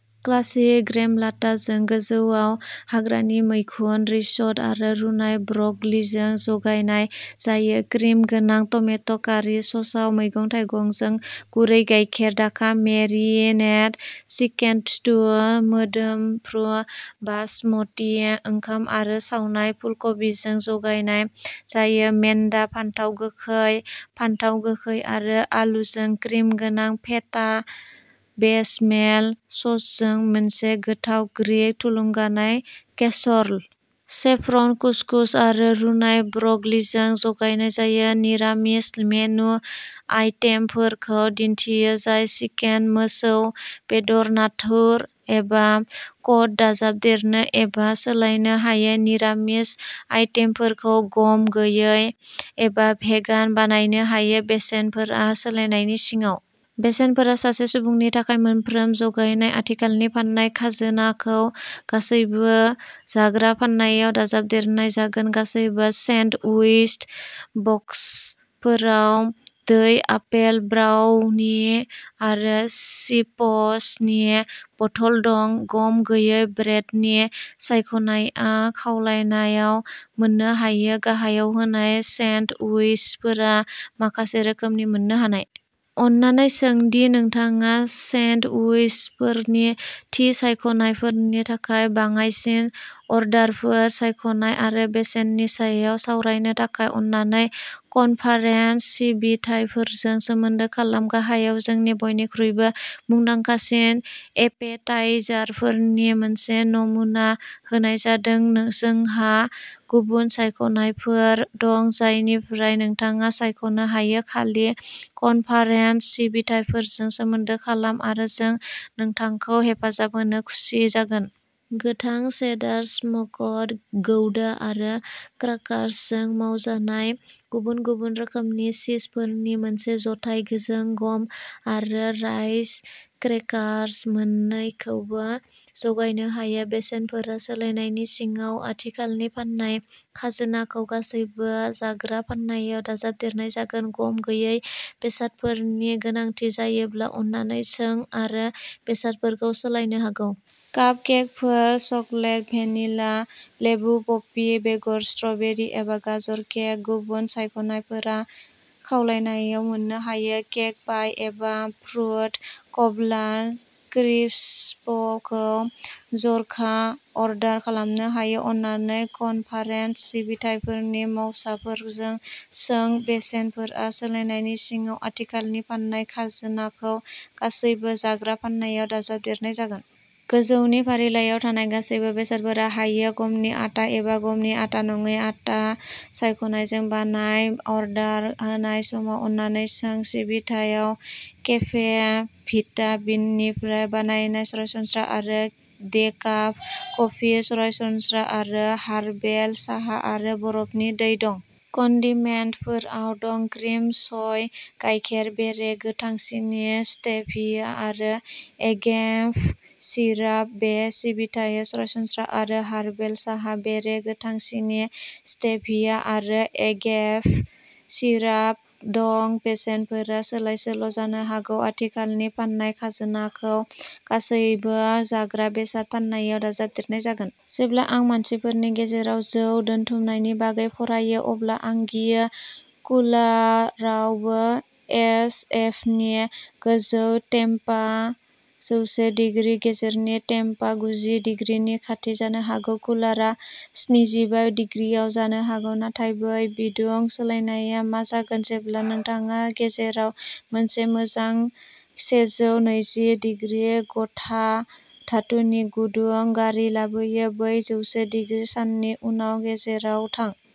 Classic ग्रेम'लाटा जों गोजौआव हाग्रानि मैखुन रिस'ट' आरो रुनाय ब्रकलिजों जगायनाय जायो। क्रिम गोनां-टमेट' कारि ससआव मैगं-थाइगंजों गुरै गाइखेर दाखा-मेरिनेट चिकेन स्टु। मोदोमफ्रु बासमती ओंखाम आरो सावनाय फुलकबिजों जगायनाय जायो। मेन्दा, फानथाव गोखै, फानथाव गोखै आरो आलुजों क्रिम गोनां फेटा बेचमेल ससजों मोनसे गोथाव ग्रीक थुलुंगानाय केसर'ल। सेफ्रन कुस्कुस आरो रुनाय ब्र'क'लिजों जगायनाय जायो। निरामिस मेनु आइटेमफोरखौ दिन्थियो जाय चिकेन, मोसौ बेदर, नाथुर एबा कड दाजाबदेरनो एबा सोलायनो हायो। निरामिस आइटेमफोरखौ गम गैयै एबा भेगान बानायनो हायो। बेसेनफोरा सोलायनायनि सिङाव। बेसेनफोरा सासे सुबुंनि थाखाय, मोनफ्रोम जगायनाय। आथिखालनि फाननाय खाजोनाखौ गासैबो जाग्रा फाननायाव दाजाबदेरनाय जागोन। गासैबो सेन्डउइच बक्सफोराव दै, आपेल, ब्राउनि आरो चिप्सनि बथल दं। गम गैयै ब्रेडनि सायख'नायआ खावलायनायाव मोननो हायो। गाहायाव होनाय सेन्डउइचफोरा माखासे रोखोमनि मोननो हानाय। अननानै सों दि नोंथाङा सेन्डउइचफोरनि थि सायख'नायफोरनि थाखाय बाङायसिन अर्डारफोर। सायख'नाय आरो बेसेननि सायाव सावरायनो थाखाय अननानै कनफारेन्स सिबिथाइफोरजों सोमोन्दो खालाम। गाहायाव जोंनि बयनिख्रुइबो मुंदांखासिन एपेटाइजारफोरनि मोनसे नमुना होनाय जादों। जोंहा गुबुन सायख'नायफोर दं जायनिफ्राय नोंथाङा सायख'नो हायो-खालि कनफारेन्स सिबिथाइफोरजों सोमोन्दो खालाम आरो जों नोंथांखौ हेफाजाब होनो खुसि जागोन। गोथां चेदार, स्मक्ड गौडा आरो क्राकार्सजों मावजानाय गुबुन गुबुन रोखोमनि चीजफोरनि मोनसे जथाय। जों गम आरो राइस क्रेकार्स मोननैखौबो जगायनो हायो। बेसेनफोरा सोलायनायनि सिङाव। आथिखालनि फाननाय खाजोनाखौ गासैबो जाग्रा फाननायाव दाजाबदेरनाय जागोन। गम गैयै बेसादफोरनि गोनांथि जायोब्ला, अननानै सों आरो बेसादफोरखौ सोलायनो हागौ। कापकेकफोर-चकलेट, भेनिला, लेबु पपि बेगर, स्ट्र'बेरि एबा गाजर केक। गुबुन सायख'नायफोरा खावलायनायाव मोननो हायो। केक, पाइ एबा फ्रुट कब्लार क्रिस्पखौ जर'खा अर्डार खालामनो हायो। अननानै कनफारेन्स सिबिथाइफोरनि मावसाफोरजों सों। बेसेनफोरा सोलायनायनि सिङाव। आथिखालनि फाननाय खाजोनाखौ गासैबो जाग्रा फाननायाव दाजाबदेरनाय जागोन। गोजौनि फारिलाइयाव थानाय गासैबो बेसादफोरा हायो। गमनि आटा एबा गमनि आटा नङै आटा सायख'नायजों बानाय। अर्डार होनाय समाव अननानै सों। सिबिथायाव केफे भिटा बिननिफ्राय बानायनाय सरासनस्रा आरो डेकाफ कफि, सरासनस्रा आरो हार्बेल साहा आरो बरफनि दै दं। कन्डिमेन्टफोराव दं क्रिम, सय गायखेर, बेरे, गोथां सिनि, स्टेभिया आरो एगेभ सिराप। बे सिबिथायाव सरासनस्रा आरो हार्बेल साहा, बेरे, गोथां सिनि, स्टेभिया आरो एगेभ सिराप दं। बेसेनफोरा सोलायसोल' जानो हागौ। आथिखालनि फाननाय खाजोनाखौ गासैबो जाग्रा बेसाद फाननायाव दाजाबदेरनाय जागोन। जेब्ला आं मानसिफोरनि गेरेजाव जौ दोनथुमनायनि बागै फरायो अब्ला आं गियो कुलारावबो एसएफनि गोजौ टेम्पा जौसे दिग्रि। गेरेजनि टेम्पा गुजि दिग्रिनि खाथि जानो हागौ। कुलारा स्निजिबा दिग्रिआव जानो हागौ। नाथाय बै बिदुं सोलायनाया मा जागोन जेब्ला नोंथाङा गेरेजाव मोनसे मोजां सेजौ नैजि दिग्रि गथा धातुनि गुदुं गारि लाबोयो। बै जौसे दिग्रि साननि उनाव गेरेजाव थां।